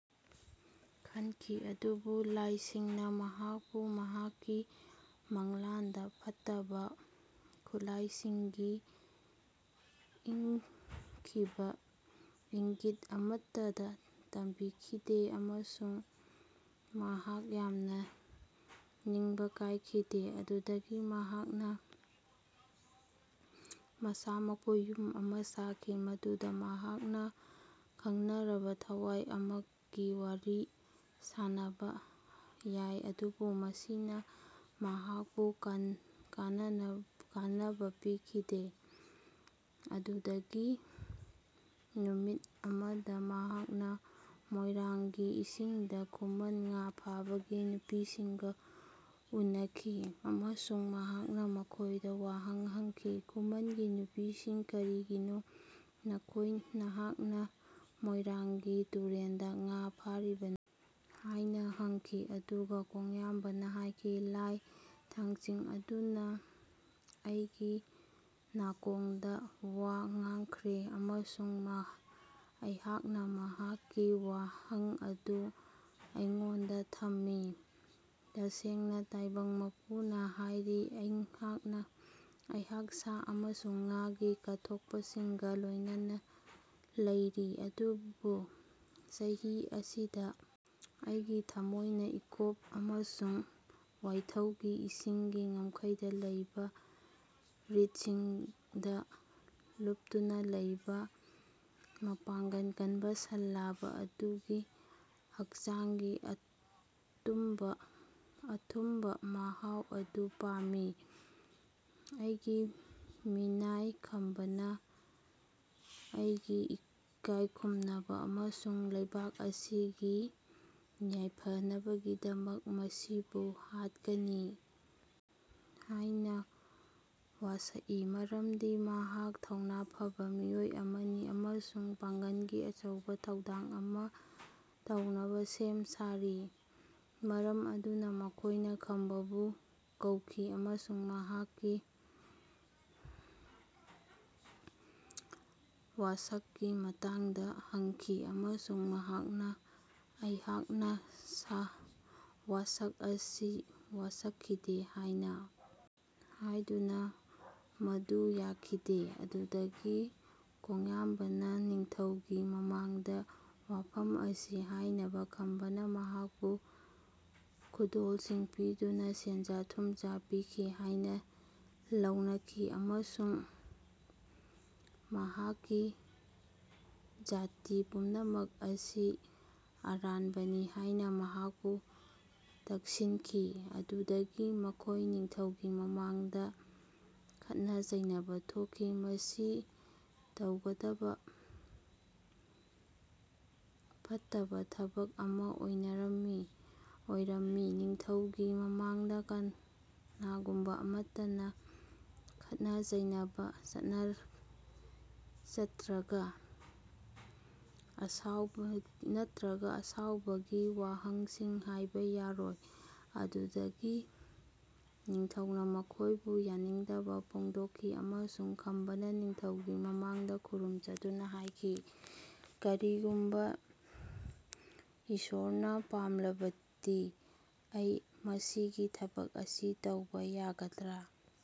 ꯈꯟꯈꯤ꯫ ꯑꯗꯨꯕꯨ ꯂꯥꯏꯁꯤꯡꯅ ꯃꯍꯥꯛꯄꯨ ꯃꯍꯥꯛꯀꯤ ꯃꯪꯂꯥꯟꯗ ꯐꯠꯇꯕ ꯈꯨꯠꯂꯥꯏꯁꯤꯡꯒꯤ ꯏꯪꯒꯤꯠ ꯑꯃꯠꯇ ꯇꯝꯕꯤꯈꯤꯗꯦ ꯑꯃꯁꯨꯡ ꯃꯍꯥꯛ ꯌꯥꯝꯅ ꯅꯤꯡꯕ ꯀꯥꯏꯈꯤꯗꯦ꯫ ꯑꯗꯨꯗꯒꯤ ꯃꯍꯥꯛꯅ ꯃꯁꯥꯃꯛꯄꯨ ꯌꯨꯝ ꯑꯃ ꯁꯥꯈꯤ ꯃꯗꯨꯗ ꯃꯍꯥꯛꯅ ꯈꯪꯅꯔꯕ ꯊꯋꯥꯏ ꯑꯃꯒ ꯋꯥꯔꯤ ꯁꯥꯅꯕ ꯌꯥꯏ ꯑꯗꯨꯕꯨ ꯃꯁꯤꯅ ꯃꯍꯥꯛꯄꯨ ꯀꯥꯟꯅꯕ ꯄꯤꯈꯤꯗꯦ꯫ ꯑꯗꯨꯗꯒꯤ ꯅꯨꯃꯤꯠ ꯑꯃꯗ ꯃꯍꯥꯛꯅ ꯃꯣꯏꯔꯥꯡꯒꯤ ꯏꯁꯤꯡꯗ ꯈꯨꯃꯟ ꯉꯥ ꯐꯥꯕꯒꯤ ꯅꯨꯄꯤꯁꯤꯡꯒ ꯎꯅꯈꯤ ꯑꯃꯁꯨꯡ ꯃꯍꯥꯛꯅ ꯃꯈꯣꯏꯗ ꯋꯥꯍꯪ ꯍꯪꯈꯤ꯫ ꯈꯨꯃꯟꯒꯤ ꯅꯨꯄꯤꯁꯤꯡ ꯀꯔꯤꯒꯤꯅꯣ ꯅꯍꯥꯛꯅ ꯃꯣꯏꯔꯥꯡꯒꯤ ꯇꯨꯔꯦꯜꯗ ꯉꯥ ꯐꯥꯔꯤꯕꯅꯣ? ꯍꯥꯏꯅ ꯍꯪꯈꯤ ꯑꯗꯨꯒ ꯀꯣꯡꯌꯥꯝꯕꯅ ꯍꯥꯏꯈꯤ ꯂꯥꯏ ꯊꯥꯡꯆꯤꯡ ꯑꯗꯨꯅ ꯑꯩꯒꯤ ꯅꯥꯀꯣꯡꯗ ꯋꯥ ꯉꯥꯡꯈ꯭ꯔꯦ ꯑꯃꯁꯨꯡ ꯑꯩꯍꯥꯛꯅ ꯃꯍꯥꯛꯀꯤ ꯌꯥꯊꯪ ꯑꯗꯨ ꯑꯩꯉꯣꯟꯗ ꯊꯝꯃꯤ꯫ ꯇꯁꯦꯡꯅ ꯇꯥꯏꯕꯪ ꯃꯄꯨꯅ ꯍꯥꯏꯔꯤ ꯑꯩꯍꯥꯛ ꯁꯥ ꯑꯃꯁꯨꯡ ꯉꯥꯒꯤ ꯀꯠꯊꯣꯛꯄꯁꯤꯡꯒ ꯂꯣꯏꯅꯅ ꯂꯩꯔꯤ ꯑꯗꯨꯕꯨ ꯆꯍꯤ ꯑꯁꯤꯗ ꯑꯩꯒꯤ ꯊꯃꯣꯏꯅ ꯏꯀꯣꯞ ꯑꯃꯁꯨꯡ ꯋꯥꯏꯊꯣꯒꯤ ꯏꯁꯤꯡꯒꯤ ꯉꯝꯈꯩꯗ ꯂꯩꯕ ꯔꯤꯗꯁꯤꯡꯗ ꯂꯨꯞꯇꯨꯅ ꯂꯩꯕ ꯃꯄꯥꯡꯒꯜ ꯀꯟꯕ ꯁꯟ ꯂꯥꯕ ꯑꯗꯨꯒꯤ ꯍꯛꯆꯥꯡꯒꯤ ꯑꯊꯨꯝꯕ ꯃꯍꯥꯎ ꯑꯗꯨ ꯄꯥꯝꯃꯤ꯫ ꯑꯩꯒꯤ ꯃꯤꯅꯥꯏ ꯈꯝꯕꯅ ꯑꯩꯒꯤ ꯏꯀꯥꯏ ꯈꯨꯝꯅꯕ ꯑꯃꯁꯨꯡ ꯂꯩꯕꯥꯛ ꯑꯁꯤꯒꯤ ꯌꯥꯏꯐꯅꯕꯒꯤꯗꯃꯛ ꯃꯁꯤꯕꯨ ꯍꯥꯠꯀꯅꯤ ꯍꯥꯏꯅ ꯋꯥꯁꯛꯏ ꯃꯔꯝꯗꯤ ꯃꯍꯥꯛ ꯊꯧꯅꯥ ꯐꯕ ꯃꯤꯑꯣꯏ ꯑꯃꯅꯤ ꯑꯃꯁꯨꯡ ꯄꯥꯡꯒꯜꯒꯤ ꯑꯆꯧꯕ ꯊꯧꯗꯥꯡ ꯑꯃ ꯇꯧꯅꯕ ꯁꯦꯝ ꯁꯥꯔꯤ꯫ ꯃꯔꯝ ꯑꯗꯨꯅ ꯃꯈꯣꯏꯅ ꯈꯝꯕꯕꯨ ꯀꯧꯈꯤ ꯑꯃꯁꯨꯡ ꯃꯍꯥꯛꯀꯤ ꯋꯥꯁꯛꯀꯤ ꯃꯇꯥꯡꯗ ꯍꯪꯈꯤ ꯑꯃꯁꯨꯡ ꯃꯍꯥꯛꯅ ꯑꯩꯍꯥꯛꯅ ꯋꯥꯁꯛ ꯑꯁꯤ ꯋꯥꯁꯛꯈꯤꯗꯦ ꯍꯥꯏꯅ ꯍꯥꯏꯗꯨꯅ ꯃꯗꯨ ꯌꯥꯈꯤꯗꯦ꯫ ꯑꯗꯨꯗꯒꯤ ꯀꯣꯡꯌꯥꯝꯕꯅ ꯅꯤꯡꯊꯧꯒꯤ ꯃꯃꯥꯡꯗ ꯋꯥꯐꯝ ꯑꯁꯤ ꯍꯥꯏꯅꯕ ꯈꯝꯕꯅ ꯃꯍꯥꯛꯄꯨ ꯈꯨꯗꯣꯜꯁꯤꯡ ꯄꯤꯗꯨꯅ ꯁꯦꯟꯖꯥ ꯊꯨꯝꯖꯥ ꯄꯤꯈꯤ ꯍꯥꯏꯅ ꯂꯧꯅꯈꯤ ꯑꯃꯁꯨꯡ ꯃꯍꯥꯛꯀꯤ ꯖꯥꯇꯤ ꯄꯨꯝꯅꯃꯛ ꯑꯁꯤ ꯑꯔꯥꯟꯕꯅꯤ ꯍꯥꯏꯅ ꯃꯍꯥꯛꯄꯨ ꯇꯛꯁꯤꯟꯈꯤ꯫ ꯑꯗꯨꯗꯒꯤ ꯃꯈꯣꯏ ꯅꯤꯡꯊꯧꯒꯤ ꯃꯃꯥꯡꯗ ꯈꯠꯅ ꯆꯩꯅꯕ ꯊꯣꯛꯈꯤ꯫ ꯃꯁꯤ ꯇꯧꯒꯗꯕ ꯐꯠꯇꯕ ꯊꯕꯛ ꯑꯃ ꯑꯣꯏꯔꯝꯃꯤ ꯅꯤꯡꯊꯧꯒꯤ ꯃꯃꯥꯡꯗ ꯀꯅꯥꯒꯨꯝꯕ ꯑꯃꯠꯇꯅ ꯈꯠꯅ ꯆꯩꯅꯕ ꯅꯠꯇ꯭ꯔꯒ ꯑꯁꯥꯎꯕꯒꯤ ꯋꯥꯍꯩꯁꯤꯡ ꯍꯥꯏꯕ ꯌꯥꯔꯣꯏ꯫ ꯑꯗꯨꯗꯒꯤ ꯅꯤꯡꯊꯧꯅ ꯃꯈꯣꯏꯕꯨ ꯌꯥꯅꯤꯡꯗꯕ ꯐꯣꯡꯗꯣꯛꯈꯤ ꯑꯃꯁꯨꯡ ꯈꯝꯕꯅ ꯅꯤꯡꯊꯧꯒꯤ ꯃꯃꯥꯡꯗ ꯈꯨꯔꯨꯝꯖꯗꯨꯅ ꯍꯥꯏꯈꯤ ꯀꯔꯤꯒꯨꯝꯕ ꯏꯁ꯭ꯋꯥꯔꯅ ꯄꯥꯝꯂꯕꯗꯤ ꯑꯩ ꯃꯁꯤꯒꯤ ꯊꯕꯛ ꯑꯁꯤ ꯇꯧꯕ ꯌꯥꯒꯗ꯭ꯔꯥ?